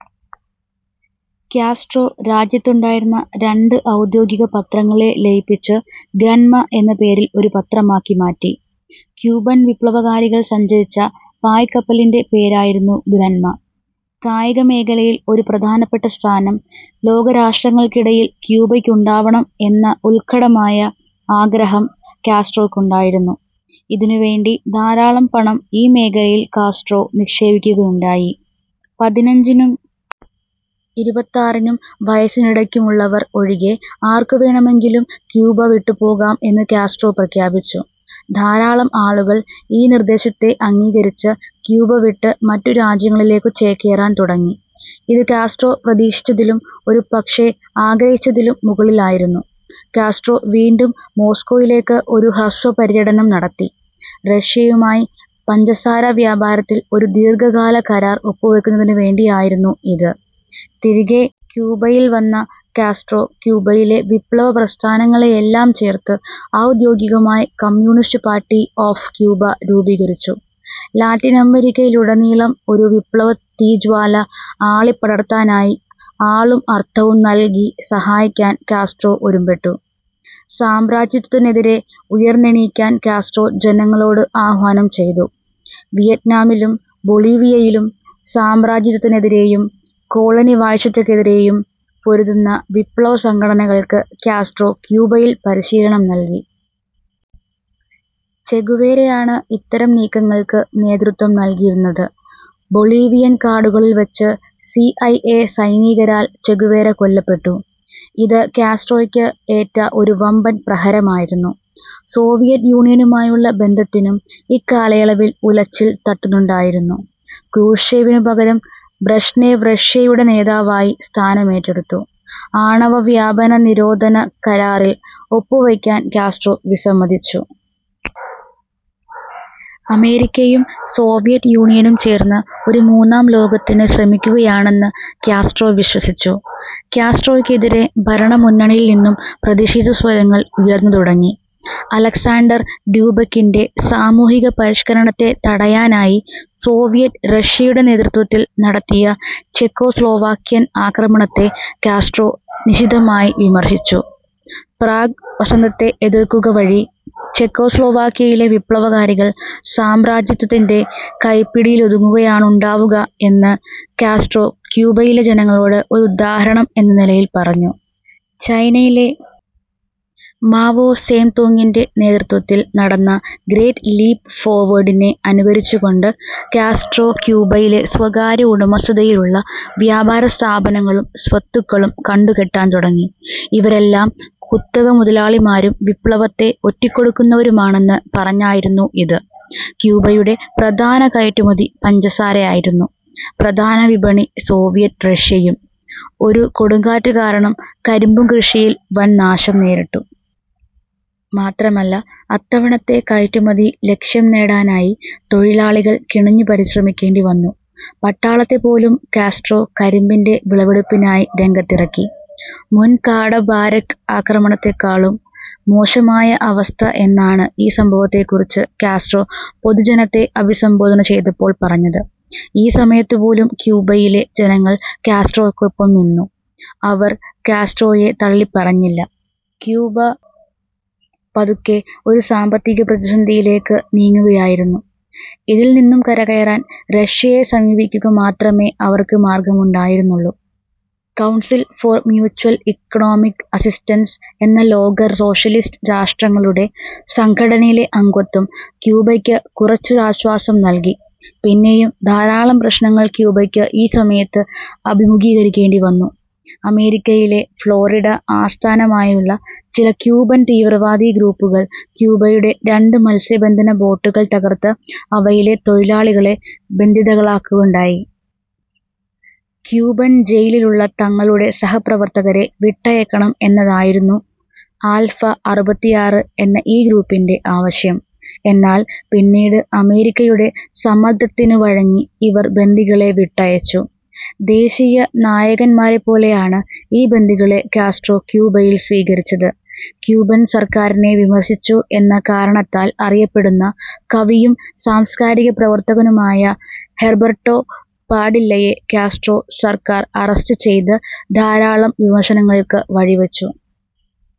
Castro രാജ്യത്തുണ്ടായിരുന്ന രണ്ട് ഔദ്യോഗിക പത്രങ്ങളെ ലയിപ്പിച്ച് ഗ്രന്മ എന്ന പേരിൽ ഒരു പത്രമാക്കി മാറ്റി. ക്യൂബൻ വിപ്ലവകാരികൾ സഞ്ചരിച്ച പായ്ക്കപ്പലിൻറെ പേരായിരുന്നു ഗ്രന്മ. കായികമേഖലയിൽ ഒരു പ്രധാനപ്പെട്ട സ്ഥാനം ലോകരാഷ്ട്രങ്ങൾക്കിടയിൽ ക്യൂബയ്ക്കുണ്ടാവണം എന്ന ഉൽക്കടമായ ആഗ്രഹം കാസ്ട്രോയ്ക്കുണ്ടായിരുന്നു. ഇതിനുവേണ്ടി ധാരാളം പണം ഈ മേഖലയിൽ കാസ്ട്രോ നിക്ഷേപിക്കുകയുണ്ടായി. പതിനഞ്ചിനും ഇരുപത്താറിനും വയസ്സിനിടയ്ക്കുള്ളവർ ഒഴികെ ആർക്കുവേണമെങ്കിലും ക്യൂബ വിട്ടുപോകാം എന്ന് കാസ്ട്രോ പ്രഖ്യാപിച്ചു. ധാരാളം ആളുകൾ ഈ നിർദ്ദേശത്തെ അംഗീകരിച്ച് ക്യൂബ വിട്ട് മറ്റു രാജ്യങ്ങളിലേക്കു ചേക്കേറാൻ തുടങ്ങി. ഇത് കാസ്ട്രോ പ്രതീക്ഷിച്ചതിലും, ഒരു പക്ഷേ ആഗ്രഹിച്ചതിലും മുകളിലായിരുന്നു. കാസ്ട്രോ വീണ്ടും മോസ്കോയിലേക്ക് ഒരു ഹ്രസ്വപര്യടനം നടത്തി. റഷ്യയുമായി പഞ്ചസാരവ്യാപാരത്തിൽ ഒരു ദീർഘകാല കരാർ ഒപ്പുവെക്കുന്നതിനുവേണ്ടിയായിരുന്നു ഇത്. തിരികെ ക്യൂബയിൽ വന്ന കാസ്ട്രോ ക്യൂബയിലെ വിപ്ലവപ്രസ്ഥാനങ്ങളെയെല്ലാം ചേർത്ത് ഔദ്യോഗികമായി കമ്മ്യൂണിസ്റ്റ് പാർട്ടി ഓഫ് ക്യൂബ രൂപീകരിച്ചു. ലാറ്റിനമേരിക്കയിലുടനീളം ഒരു വിപ്ലവത്തീജ്വാല ആളിപ്പടർത്താനായി ആളും അർത്ഥവും നൽകി സഹായിക്കാൻ കാസ്ട്രോ ഒരുമ്പെട്ടു. സാമ്രാജ്യത്വത്തിനെതിരേ ഉയർന്നെണീക്കാൻ കാസ്ട്രോ ജനങ്ങളോട് ആഹ്വാനം ചെയ്തു. വിയറ്റ്നാമിലും ബൊളീവിയയിലും സാമ്രാജ്യത്വത്തിനെതിരേയും കോളനിവാഴ്ചയ്ക്കെതിരേയും പൊരുതുന്ന വിപ്ലവസംഘടനകൾക്ക് കാസ്ട്രോ ക്യൂബയിൽ പരിശീലനം നൽകി. ചെ ഗുവേരയാണ് ഇത്തരം നീക്കങ്ങൾക്ക് നേതൃത്വം നൽകിയിരുന്നത്. ബൊളീവിയൻ കാടുകളിൽവച്ച് സി ഐ എ സൈനികരാൽ ചെ ഗുവേര കൊല്ലപ്പെട്ടു. ഇത് കാസ്ട്രോയ്ക്ക് ഏറ്റ ഒരു വമ്പൻ പ്രഹരമായിരുന്നു. സോവിയറ്റ് യൂണിയനുമായുള്ള ബന്ധത്തിനും ഇക്കാലയളവിൽ ഉലച്ചിൽ തട്ടുന്നുണ്ടായിരുന്നു. ക്രൂഷ്ചേവിനു പകരം ബ്രഷ്നേവ് റഷ്യയുടെ നേതാവായി സ്ഥാനമേറ്റെടുത്തു. ആണവവ്യാപനനിരോധന കരാറിൽ ഒപ്പുവയ്ക്കാൻ കാസ്ട്രോ വിസമ്മതിച്ചു. അമേരിക്കയും സോവിയറ്റ് യൂണിയനും ചേർന്ന് ഒരു മൂന്നാംലോകത്തിനു ശ്രമിക്കുകയാണെന്ന് കാസ്ട്രോ വിശ്വസിച്ചു. കാസ്ട്രോയ്ക്കെതിരേ ഭരണ മുന്നണിയിൽനിന്നും പ്രതിഷേധസ്വരങ്ങൾ ഉയർന്നുതുടങ്ങി. അലക്സാണ്ടർ ഡ്യൂബെക്കിൻറെ സാമൂഹിക പരിഷ്കരണത്തെ തടയാനായി സോവിയറ്റ് റഷ്യയുടെ നേതൃത്വത്തിൽ നടത്തിയ ചെക്കോസ്ലോവാക്യൻ ആക്രമണത്തെ കാസ്ട്രോ നിശിതമായി വിമർശിച്ചു. പ്രാഗ് വസന്തത്തെ എതിർക്കുക വഴി ചെക്കോസ്ലോവാക്യയിലെ വിപ്ലവകാരികൾ സാമ്രാജ്യത്വത്തിൻറെ കൈപ്പിടിയിലൊതുങ്ങുകയാണുണ്ടാവുകയെന്ന് കാസ്ട്രോ ക്യൂബയിലെ ജനങ്ങളോട് ഒരു ഉദാഹരണം എന്ന നിലയിൽ പറഞ്ഞു. ചൈനയിലെ മാവോ സേ തൂങ്ങിൻറെ നേതൃത്വത്തിൽ നടന്ന ഗ്രേറ്റ് ലീപ് ഫോർവേഡിനെ അനുകരിച്ചുകൊണ്ട് കാസ്ട്രോ ക്യൂബയിലെ സ്വകാര്യ ഉടമസ്ഥതയിലുള്ള വ്യാപാരസ്ഥാപനങ്ങളും സ്വത്തുക്കളും കണ്ടുകെട്ടാൻ തുടങ്ങി. ഇവരെല്ലാം കുത്തകമുതലാളിമാരും വിപ്ലവത്തെ ഒറ്റുകൊടുക്കുന്നവരുമാണെന്ന് പറഞ്ഞായിരുന്നു ഇത്. ക്യൂബയുടെ പ്രധാന കയറ്റുമതി പഞ്ചസാര ആയിരുന്നു. പ്രധാന വിപണി സോവിയറ്റ് റഷ്യയും. ഒരു കൊടുങ്കാറ്റ് കാരണം കരിമ്പുകൃഷിയിൽ വൻ നാശം നേരിട്ടു. മാത്രമല്ല, അത്തവണത്തെ കയറ്റുമതി ലക്ഷ്യം നേടാനായി തൊഴിലാളികൾ കിണഞ്ഞു പരിശ്രമിക്കേണ്ടിവന്നു. പട്ടാളത്തെപ്പോലും കാസ്ട്രോ കരിമ്പിൻറെ വിളവെടുപ്പിനായി രംഗത്തിറക്കി. മൊൻകാട ബാരക്ക് ആക്രമണത്തേക്കാളും മോശമായ അവസ്ഥ എന്നാണ് ഈ സംഭവത്തെക്കുറിച്ച് കാസ്ട്രോ പൊതുജനത്തെ അഭിസംബോധന ചെയ്തപ്പോൾ പറഞ്ഞത്. ഈ സമയത്തുപോലും ക്യൂബയിലെ ജനങ്ങൾ കാസ്ട്രോയ്ക്കൊപ്പം നിന്നു. അവർ കാസ്ട്രോയെ തള്ളിപ്പറഞ്ഞില്ല. ക്യൂബ പതുക്കെ ഒരു സാമ്പത്തിക പ്രതിസന്ധിയിലേക്കു നീങ്ങുകയായിരുന്നു. ഇതിൽനിന്നും കരകയറാൻ റഷ്യയെ സമീപിക്കുക മാത്രമേ അവർക്ക് മാർഗ്ഗമുണ്ടായിരുന്നുള്ളൂ. Council for Mutual Economic Assistance എന്ന ലോക സോഷ്യലിസ്റ്റ് രാഷ്ട്രങ്ങളുടെ സംഘടനയിലെ അംഗത്വം ക്യൂബയ്ക്ക് കുറച്ചൊരാശ്വാസം നൽകി. പിന്നെയും ധാരാളം പ്രശ്നങ്ങൾ ക്യൂബയ്ക്ക് ഈ സമയത്ത് അഭിമുഖീകരിക്കേണ്ടിവന്നു. അമേരിക്കയിലെ ഫ്ലോറിഡ ആസ്ഥാനമായുള്ള ചില ക്യൂബൻ തീവ്രവാദി ഗ്രൂപ്പുകൾ ക്യൂബയുടെ രണ്ട് മത്സ്യബന്ധന ബോട്ടുകൾ തകർത്ത് അവയിലെ തൊഴിലാളികളെ ബന്ദികളാക്കുകയുണ്ടായി. ക്യൂബൻ ജയിലിലുള്ള തങ്ങളുടെ സഹപ്രവർത്തകരെ വിട്ടയക്കണം എന്നതായിരുന്നു ആൽഫ അറുപത്തിയാറ് എന്ന ഈ ഗ്രൂപ്പിൻറെ ആവശ്യം. എന്നാൽ പിന്നീട് അമേരിക്കയുടെ സമ്മർദ്ദത്തിനു വഴങ്ങി ഇവർ ബന്ദികളെ വിട്ടയച്ചു. ദേശീയ നായകന്മാരെപ്പോലെയാണ് ഈ ബന്ദികളെ കാസ്ട്രോ ക്യൂബയിൽ സ്വീകരിച്ചത്. ക്യൂബൻ സർക്കാരിനെ വിമർശിച്ചു എന്ന കാരണത്താൽ അറിയപ്പെടുന്ന കവിയും സാംസ്കാരികപ്രവർത്തകനുമായ ഹെർബർട്ടോ പാഡില്ലയെ കാസ്ട്രോ സർക്കാർ അറസ്റ്റ് ചെയ്തത് ധാരാളം വിമർശനങ്ങൾക്ക് വഴിവച്ചു.